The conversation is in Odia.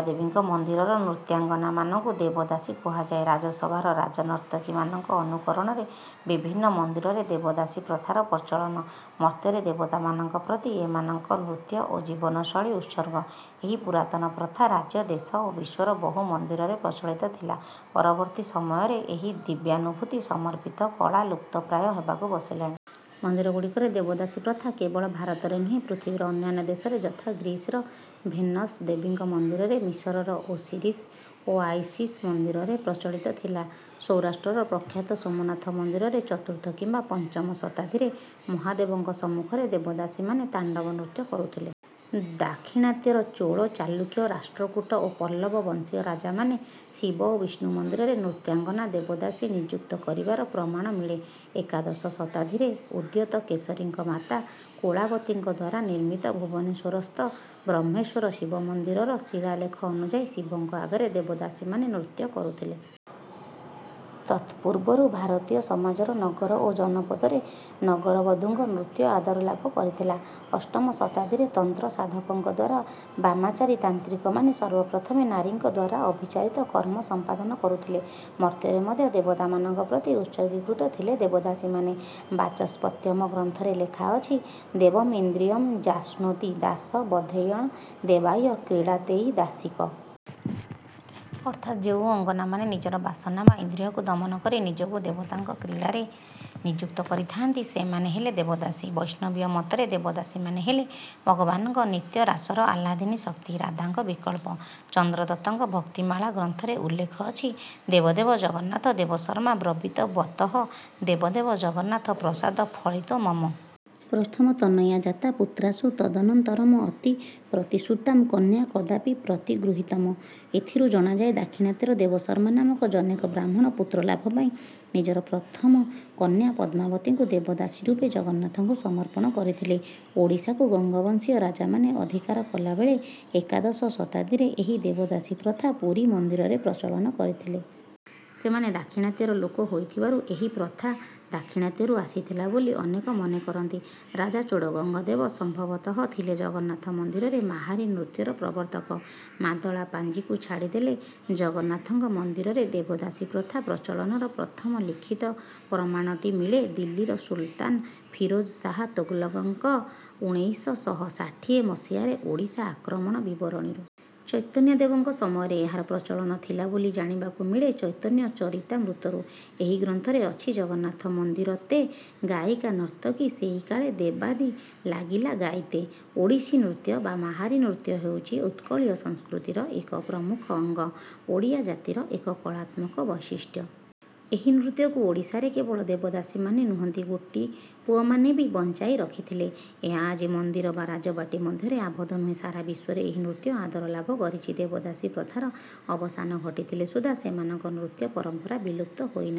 ଦେବାଦେବୀଙ୍କ ମନ୍ଦିରର ନୃତ୍ୟାଙ୍ଗନାମାନଙ୍କୁ ଦେବଦାସୀ କୁହାଯାଏ। ରାଜସଭାର ରାଜନର୍ତ୍ତକୀମାନଙ୍କ ଅନୁକରଣରେ ବିଭିନ୍ନ ମନ୍ଦିରରେ ଦେବଦାସୀ ପ୍ରଥାର ପ୍ରଚଳନ। ମର୍ତ୍ତ୍ୟରେ ଦେବତାମାନଙ୍କ ପ୍ରତି ଏମାନଙ୍କ ନୃତ୍ୟ ଓ ଜୀବନଶୈଳୀ ଉତ୍ସର୍ଗ। ଏହି ପୁରାତନ ପ୍ରଥା ରାଜ୍ୟ ଦେଶ ଓ ବିଶ୍ୱର ବହୁ ମନ୍ଦିରରେ ପ୍ରଚଳିତ ଥିଲା। ପରବର୍ତ୍ତୀ ସମୟରେ ଏହି ଦିବ୍ୟାନୁଭୂତି ସମର୍ପିତ କଳା ଲୁପ୍ତପ୍ରାୟ ହେବାକୁ ବସିଲାଣି। ମନ୍ଦିରଗୁଡ଼ିକରେ ଦେବଦାସୀ ପ୍ରଥା କେବଳ ଭାରତରେ ନୁହେଁ ପୃଥିବୀର ଅନ୍ୟାନ୍ୟ ଦେଶରେ ଯଥା ଗ୍ରୀସର ଭେନସ ଦେବୀଙ୍କ ମନ୍ଦିରରେ ମିଶରର ଓସିରିସ ଓ ଆଇସିସ ମନ୍ଦିରରେ ପ୍ରଚଳିତ ଥିଲା। ସୌରାଷ୍ଟ୍ରର ପ୍ରଖ୍ୟାତ ସୋମନାଥ ମନ୍ଦିରରେ ଚତୁର୍ଥ କିମ୍ବା ପଞ୍ଚମ ଶତାବ୍ଦୀରେ ମହାଦେବଙ୍କ ସମ୍ମୁଖରେ ଦେବଦାସୀମାନେ ତାଣ୍ଡବ ନୃତ୍ୟ କରୁଥିଲେ। ଦାକ୍ଷିଣାତ୍ୟର ଚୋଳ ଚାଲୁକ୍ୟ ରାଷ୍ଟ୍ରକୂଟ ଓ ପଲ୍ଲବ ବଂଶୀୟ ରାଜାମାନେ ଶିବ ଓ ବିଷ୍ଣୁ ମନ୍ଦିରରେ ନୃତ୍ୟାଙ୍ଗନା ଦେବଦାସୀ ନିଯୁକ୍ତ କରିବାର ପ୍ରମାଣ ମିଳେ। ଏକାଦଶ ଶତାବ୍ଦୀରେ ଉଦ୍ୟୋତକେଶରୀଙ୍କ ମାତା କୋଳାବତୀଙ୍କ ଦ୍ୱାରା ନିର୍ମିତ ଭୁବନେଶ୍ୱରସ୍ଥ ବ୍ରହ୍ମେଶ୍ୱର ଶିବମନ୍ଦିରର ଶିଳାଲେଖ ଅନୁଯାୟୀ ଶିବଙ୍କ ଆଗରେ ଦେବଦାସୀମାନେ ନୃତ୍ୟ କରୁଥିଲେ। ତତ୍ପୂର୍ବରୁ ଭାରତୀୟ ସମାଜର ନଗର ଓ ଜନପଦରେ ନଗରବଧୂଙ୍କ ନୃତ୍ୟ ଆଦର ଲାଭ କରିଥିଲା। ଅଷ୍ଟମ ଶତାବ୍ଦୀରେ ତନ୍ତ୍ରସାଧକଙ୍କ ଦ୍ୱାରା ବାମାଚାରୀ ତାନ୍ତ୍ରିକମାନେ ସର୍ବପ୍ରଥମେ ନାରୀଙ୍କ ଦ୍ୱାରା ଅଭିଚାରିତ କର୍ମ ସମ୍ପାଦନ କରୁଥିଲେ। ମର୍ତ୍ତ୍ୟରେ ମଧ୍ୟ ଦେବତାମାନଙ୍କ ପ୍ରତି ଉତ୍ସର୍ଗୀକୃତ ଥିଲେ ଦେବଦାସୀମାନେ। ବାଚସ୍ପତ୍ୟମ ଗ୍ରନ୍ଥରେ ଲେଖାଅଛି ଦେବଂ ଇନ୍ଦ୍ରିୟଂ ଯାସ୍ନୋତି ଦାସ ବଧେୟଣ୍ ଦେବାୟ କ୍ରୀଡ଼ାତୈ ଦାସିକ। ଅର୍ଥାତ୍ ଯେଉଁ ଅଙ୍ଗନାମାନେ ନିଜର ବାସନା ବା ଇନ୍ଦ୍ରିୟକୁ ଦମନ କରି ନିଜକୁ ଦେବତାଙ୍କ କ୍ରୀଡ଼ାରେ ନିଯୁକ୍ତ କରିଥାନ୍ତି ସେମାନେ ହେଲେ ଦେବଦାସୀ। ବୈଷ୍ଣବୀୟ ମତରେ ଦେବଦାସୀମାନେ ହେଲେ ଭଗବାନଙ୍କ ନିତ୍ୟରାସର ଆହ୍ଲାଦିନୀ ଶକ୍ତି ରାଧାଙ୍କ ବିକଳ୍ପ। ଚନ୍ଦ୍ରଦତ୍ତଙ୍କ ଭକ୍ତିମାଳା ଗ୍ରନ୍ଥରେ ଉଲ୍ଲେଖ ଅଛି ଦେବ ଦେବ ଜଗନ୍ନାଥ ଦେବଶର୍ମା ବ୍ରବୀତ ବତଃ ଦେବ ଦେବ ଜଗନ୍ନାଥ ପ୍ରସାଦ ଫଳିତୋ ମମ। ପ୍ରଥମ ତନୟା ଜାତା ପୁତ୍ରାସୁ ତଦନନ୍ତରମ ଅତି ପ୍ରତିଶ୍ରୁତାଂ କନ୍ୟା କଦାପି ପ୍ରତିଗୃହୀତମ। ଏଥିରୁ ଜଣାଯାଏ ଦାକ୍ଷିଣାତ୍ୟର ଦେବଶର୍ମା ନାମକ ଜନୈକ ବ୍ରାହ୍ମଣ ପୁତ୍ରଲାଭ ପାଇଁ ନିଜର ପ୍ରଥମ କନ୍ୟା ପଦ୍ମାବତୀଙ୍କୁ ଦେବଦାସୀ ରୂପେ ଜଗନ୍ନାଥଙ୍କୁ ସମର୍ପଣ କରିଥିଲେ। ଓଡ଼ିଶାକୁ ଗଙ୍ଗବଂଶୀୟ ରାଜାମାନେ ଅଧିକାର କଲାବେଳେ ଏକାଦଶ ଶତାବ୍ଦୀରେ ଏହି ଦେବଦାସୀ ପ୍ରଥା ପୁରୀ ମନ୍ଦିରରେ ପ୍ରଚଳନ କରିଥିଲେ। ସେମାନେ ଦାକ୍ଷିଣାତ୍ୟର ଲୋକ ହୋଇଥିବାରୁ ଏହି ପ୍ରଥା ଦାକ୍ଷିଣାତ୍ୟରୁ ଆସିଥିଲା ବୋଲି ଅନେକ ମନେକରନ୍ତି। ରାଜା ଚୋଡ଼ଗଙ୍ଗଦେବ ସମ୍ଭବତଃ ଥିଲେ ଜଗନ୍ନାଥ ମନ୍ଦିରରେ ମାହାରୀ ନୃତ୍ୟର ପ୍ରବର୍ତ୍ତକ। ମାଦଳା ପାଞ୍ଜିକୁ ଛାଡ଼ିଦେଲେ ଜଗନ୍ନାଥଙ୍କ ମନ୍ଦିରରେ ଦେବଦାସୀ ପ୍ରଥା ପ୍ରଚଳନର ପ୍ରଥମ ଲିଖିତ ପ୍ରମାଣଟି ମିଳେ ଦିଲ୍ଲୀର ସୁଲତାନ ଫିରୋଜ ଶାହ ତୋଗଲକଙ୍କ ଉଣେଇଶ ଶହ ଷାଠିଏ ମସିହାରେ ଓଡ଼ିଶା ଆକ୍ରମଣ ବିବରଣୀରୁ। ଚୈତନ୍ୟଦେବଙ୍କ ସମୟରେ ଏହାର ପ୍ରଚଳନ ଥିଲା ବୋଲି ଜାଣିବାକୁ ମିଳେ ଚୈତନ୍ୟ ଚରିତାମୃତରୁ। ଏହି ଗ୍ରନ୍ଥରେ ଅଛି ଜଗନ୍ନାଥ ମନ୍ଦିରତେ ଗାୟିକା ନର୍ତ୍ତକୀ ସେଇ କାଳେ ଦେବାଦୀ ଲାଗିଲା ଗାଇତେ। ଓଡ଼ିଶୀ ନୃତ୍ୟ ବା ମାହାରୀ ନୃତ୍ୟ ହେଉଛି ଉତ୍କଳୀୟ ସଂସ୍କୃତିର ଏକ ପ୍ରମୁଖ ଅଙ୍ଗ ଓଡ଼ିଆ ଜାତିର ଏକ କଳାତ୍ମକ ବୈଶିଷ୍ଟ୍ୟ। ଏହି ନୃତ୍ୟକୁ ଓଡ଼ିଶାରେ କେବଳ ଦେବଦାସୀମାନେ ନୁହନ୍ତି ଗୋଟିପୁଅମାନେ ବି ବଞ୍ଚାଇ ରଖିଥିଲେ। ଏହା ଆଜି ମନ୍ଦିର ବା ରାଜବାଟୀ ମଧ୍ୟରେ ଆବଦ୍ଧ ନୁହେଁ। ସାରା ବିଶ୍ୱରେ ଏହି ନୃତ୍ୟ ଆଦର ଲାଭ କରିଛି। ଦେବଦାସୀ ପ୍ରଥାର ଅବସାନ ଘଟିଥିଲେ ସୁଦ୍ଧା ସେମାନଙ୍କ ନୃତ୍ୟ ପରମ୍ପରା ବିଲୁପ୍ତ ହୋଇନାହିଁ।